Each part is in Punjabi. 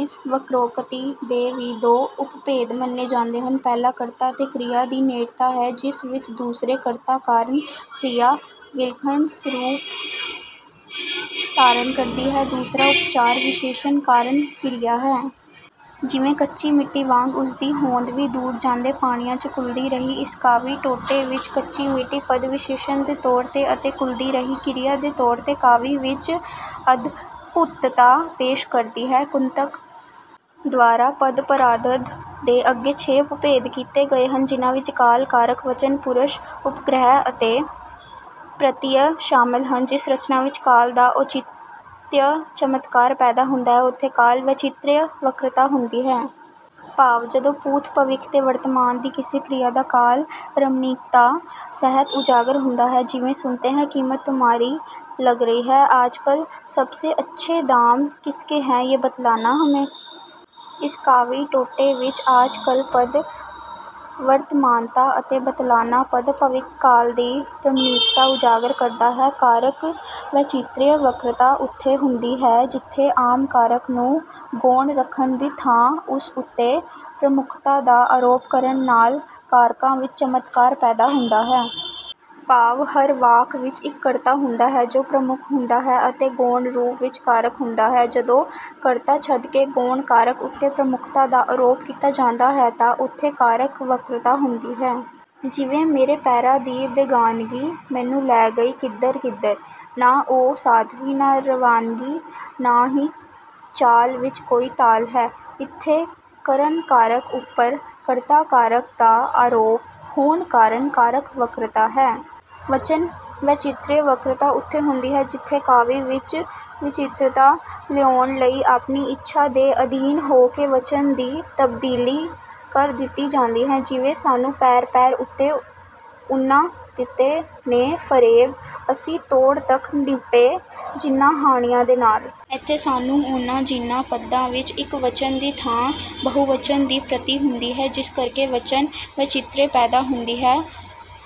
ਇਸ ਵਕ੍ਰੋਕਤੀ ਦੇ ਵੀ ਦੋ ਉਪਭੇਦ ਮੰਨੇ ਜਾਂਦੇ ਹਨ। ਪਹਿਲਾ ਕਰਤਾ ਅਤੇ ਕ੍ਰਿਆ ਦੀ ਨੇੜਤਾ ਹੈ ਜਿਸ ਵਿੱਚ ਦੂਸਰੇ ਕਰਤਾ ਕਾਰਨ ਕ੍ਰਿਆ ਵਿਲੱਖਣ ਸਰੂਪ ਧਾਰਨ ਕਰਦੀ ਹੈ। ਦੂਸਰਾ ਉਪਚਾਰ ਵਿਸ਼ੇਸ਼ਣ ਕਾਰਨ ਕਿਰਿਆ ਹੈ। ਜਿਵੇਂ "ਕੱਚੀ ਮਿੱਟੀ ਵਾਂਗ ਉਸਦੀ ਹੋਂਦ ਵੀ ਦੂਰ ਜਾਂਦੇ ਪਾਣੀਆਂ 'ਚ ਘੁਲਦੀ ਰਹੀ"। ਇਸ ਕਾਵਿ ਟੋਟੇ ਵਿੱਚ 'ਕੱਚੀ ਮਿੱਟੀ' ਪਦ ਵਿਸ਼ੇਸ਼ਣ ਦੇ ਤੌਰ 'ਤੇ ਅਤੇ 'ਘੁਲਦੀ ਰਹੀ' ਕਿਰਿਆ ਦੇ ਤੌਰ 'ਤੇ ਕਾਵਿ ਵਿੱਚ ਅਦਭੁਤਤਾ ਪੇਸ਼ ਕਰਦੀ ਹੈ। ਕੁੰਤਕ ਦੁਆਰਾ ਪਦ-ਪਰਾਰਧ ਦੇ ਅੱਗੇ ਛੇ ਉਪਭੇਦ ਕੀਤੇ ਗਏ ਹਨ ਜਿਨ੍ਹਾਂ ਵਿੱਚ ਕਾਲ, ਕਾਰਕ, ਵਚਨ, ਪੁਰਸ਼, ਉਪਗ੍ਰਹ ਅਤੇ ਪ੍ਰਤਿਅਯ ਸ਼ਾਮਲ ਹਨ। ਜਿਸ ਰਚਨਾ ਵਿੱਚ ਕਾਲ ਦਾ ਔਚਿਤਯ ਚਮਤਕਾਰ ਪੈਦਾ ਹੁੰਦਾ ਹੈ ਉੱਥੇ ਕਾਲ ਵੈਚਿਤ੍ਰਯ ਵਕ੍ਰਤਾ ਹੁੰਦੀ ਹੈ। ਭਾਵ ਜਦੋਂ ਭੂਤ, ਭਵਿੱਖ ਤੇ ਵਰਤਮਾਨ ਦੀ ਕਿਸੇ ਕ੍ਰਿਆ ਦਾ ਕਾਲ ਰਮਣੀਕਤਾ ਸਹਿਤ ਉਜਾਗਰ ਹੁੰਦਾ ਹੈ। ਜਿਵੇਂ "ਸੁਨਤੇ ਹੈਂ ਕੀਮਤ ਤੁਮਹਾਰੀ ਲੱਗ ਰਹੀ ਹੈ ਆਜ-ਕਲ, ਸਬ ਸੇ ਅੱਛੇ ਦਾਮ ਕਿਸ ਕੇ ਹੈਂ, ਯੇ ਬਤਲਾਨਾ ਹਮੇ"। ਇਸ ਕਾਵਿ ਟੋਟੇ ਵਿੱਚ 'ਆਜ-ਕਲ' ਪਦ ਵਰਤਮਾਨਤਾ ਅਤੇ 'ਬਤਲਾਨਾ' ਪਦ ਭਵਿੱਖ ਕਾਲ ਦੀ ਰਮਣੀਕਤਾ ਉਜਾਗਰ ਕਰਦਾ ਹੈ। ਕਾਰਕ ਵੈਚਿਤ੍ਰਯ ਵਕ੍ਰਤਾ ਉੱਥੇ ਹੁੰਦੀ ਹੈ ਜਿੱਥੇ ਆਮ ਕਾਰਕ ਨੂੰ ਗੌਣ ਰੱਖਣ ਦੀ ਥਾਂ ਉਸ ਉੱਤੇ ਪ੍ਰਮੁੱਖਤਾ ਦਾ ਆਰੋਪ ਕਰਨ ਨਾਲ ਕਾਰਕਾਂ ਵਿੱਚ ਚਮਤਕਾਰ ਪੈਦਾ ਹੁੰਦਾ ਹੈ। ਭਾਵ ਹਰ ਵਾਕ ਵਿੱਚ ਇੱਕ ਕਰਤਾ ਹੁੰਦਾ ਹੈ ਜੋ ਪ੍ਰਮੁੱਖ ਹੁੰਦਾ ਹੈ ਅਤੇ ਗੌਣ ਰੂਪ ਵਿੱਚ ਕਾਰਕ ਹੁੰਦਾ ਹੈ। ਜਦੋਂ ਕਰਤਾ ਛੱਡ ਕੇ ਗੌਣ ਕਾਰਕ ਉੱਤੇ ਪ੍ਰਮੁੱਖਤਾ ਦਾ ਆਰੋਪ ਕੀਤਾ ਜਾਂਦਾ ਹੈ ਤਾਂ ਉੱਥੇ ਕਾਰਕ ਵਕ੍ਰਤਾ ਹੁੰਦੀ ਹੈ। ਜਿਵੇਂ "ਮੇਰੇ ਪੈਰਾਂ ਦੀ ਬੇਗਾਨਗੀ ਮੈਨੂੰ ਲੈ ਗਈ ਕਿੱਧਰ-ਕਿੱਧਰ। ਨਾ ਉਹ ਸਾਦਗੀ ਨਾ ਰਵਾਨਗੀ ਨਾ ਹੀ ਚਾਲ ਵਿੱਚ ਕੋਈ ਤਾਲ ਹੈ"। ਇੱਥੇ 'ਕਰਨ ਕਾਰਕ' ਉੱਪਰ 'ਕਰਤਾ ਕਾਰਕ' ਦਾ ਆਰੋਪ ਹੋਣ ਕਾਰਨ 'ਕਾਰਕ ਵਕ੍ਰਤਾ' ਹੈ। ਵਚਨ ਵੈਚਿਤ੍ਰਯ ਵਕ੍ਰਤਾ ਉੱਥੇ ਹੁੰਦੀ ਹੈ ਜਿੱਥੇ ਕਾਵਿ ਵਿੱਚ ਵਿਚਿਤ੍ਰਤਾ ਲਿਆਉਣ ਲਈ ਆਪਣੀ ਇੱਛਾ ਦੇ ਅਧੀਨ ਹੋ ਕੇ ਵਚਨ ਦੀ ਤਬਦੀਲੀ ਕਰ ਦਿੱਤੀ ਜਾਂਦੀ ਹੈ। ਜਿਵੇਂ "ਸਾਨੂੰ ਪੈਰ-ਪੈਰ ਉਤੇ ਉਨ੍ਹਾਂ ਦਿੱਤੇ ਨੇ ਫਰੇਬ, ਅਸੀਂ ਤੋੜ ਤੱਕ ਨਿਭੇ ਜਿਹਨਾਂ ਹਾਣੀਆਂ ਦੇ ਨਾਲ"। ਇੱਥੇ 'ਸਾਨੂੰ', 'ਉਹਨਾਂ', 'ਜਿਹਨਾਂ' ਪਦਾਂ ਵਿੱਚ ਇਕ ਵਚਨ ਦੀ ਥਾਂ ਬਹੁਵਚਨ ਦੀ ਪ੍ਰਤੀ ਹੁੰਦੀ ਹੈ ਜਿਸ ਕਰਕੇ ਵਚਨ ਵੈਚਿਤ੍ਰਯ ਪੈਦਾ ਹੁੰਦੀ ਹੈ।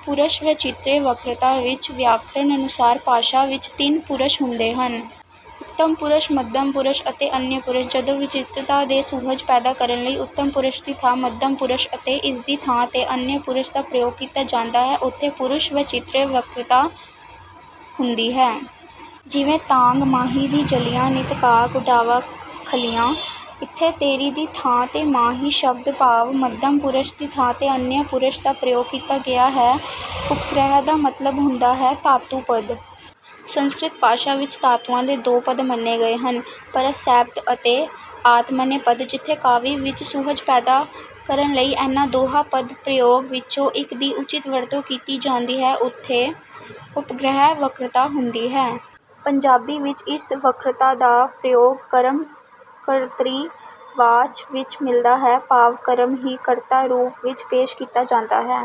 ਪੁਰਸ਼ ਵੈਚਿਤ੍ਰਯ ਵਕ੍ਰਤਾ ਵਿੱਚ ਵਿਆਕਰਣ ਅਨੁਸਾਰ ਭਾਸ਼ਾ ਵਿੱਚ ਤਿੰਨ ਪੁਰਸ਼ ਹੁੰਦੇ ਹਨ। ਉੱਤਮ ਪੁਰਸ਼, ਮੱਧਮ ਪੁਰਸ਼ ਅਤੇ ਅਨਯ ਪੁਰਸ਼। ਜਦੋਂ ਵਿਚਿਤ੍ਰਤਾ ਤੇ ਸੁਹਜ ਪੈਦਾ ਕਰਨ ਲਈ ਉੱਤਮ ਪੁਰਸ਼ ਦੀ ਥਾਂ ਮੱਧਮ ਪੁਰਸ਼ ਅਤੇ ਇਸ ਦੀ ਥਾਂ ਤੇ ਅਨਯ ਪੁਰਸ਼ ਦਾ ਪ੍ਰਯੋਗ ਕੀਤਾ ਜਾਂਦਾ ਹੈ ਉੱਥੇ ਪੁਰਸ਼ ਵੈਚਿਤ੍ਰਯ ਵਕ੍ਰਤਾ ਹੁੰਦੀ ਹੈ। ਜਿਵੇਂ "ਤਾਂਘ ਮਾਹੀ ਦੀ ਜਲੀਆਂ ਨਿੱਤ ਕਾਗ ਉਡਾਵਾਂ ਖਲੀਆਂ"। ਇੱਥੇ 'ਤੇਰੀ' ਦੀ ਥਾਂ ਤੇ 'ਮਾਹੀ' ਸ਼ਬਦ ਭਾਵ ਮੱਧਮ ਪੁਰਸ਼ ਦੀ ਥਾਂ 'ਅਨਯ ਪੁਰਸ਼' ਦਾ ਪ੍ਰਯੋਗ ਕੀਤਾ ਗਿਆ ਹੈ। ਉਪਗ੍ਰਹਿ ਦਾ ਮਤਲਬ ਹੁੰਦਾ ਹੈ ਧਾਤੂ-ਪਦ। ਸੰਸਕ੍ਰਿਤ ਭਾਸ਼ਾ ਵਿੱਚ ਧਾਤੂਆਂ ਦੇ ਦੋ ਪਦ ਮੰਨੇ ਗਏ ਹਨ ਪਰਸਮੈਪਦ ਅਤੇ ਆਤਮਨੇਪਦ। ਜਿੱਥੇ ਕਾਵਿ ਵਿੱਚ ਸੁਹਜ ਪੈਦਾ ਕਰਨ ਲਈ ਇਹਨਾਂ ਦੋਹਾਂ ਪਦ-ਪ੍ਰਯੋਗ ਵਿੱਚੋਂ ਇੱਕ ਦੀ ਉੱਚਿਤ ਵਰਤੋਂ ਕੀਤੀ ਜਾਂਦੀ ਹੈ ਉੱਥੇ ਉਪਗ੍ਰਹਿ ਵਕ੍ਰਤਾ ਹੁੰਦੀ ਹੈ। ਪੰਜਾਬੀ ਵਿੱਚ ਇਸ ਵਕ੍ਰਤਾ ਦਾ ਪ੍ਰਯੋਗ ਕਰਮ-ਕਰਤਰੀ ਵਾਚ ਵਿੱਚ ਮਿਲਦਾ ਹੈ ਭਾਵ ਕਰਮ ਹੀ ਕਰਤਾ ਰੂਪ ਵਿੱਚ ਪੇਸ਼ ਕੀਤਾ ਜਾਂਦਾ ਹੈ।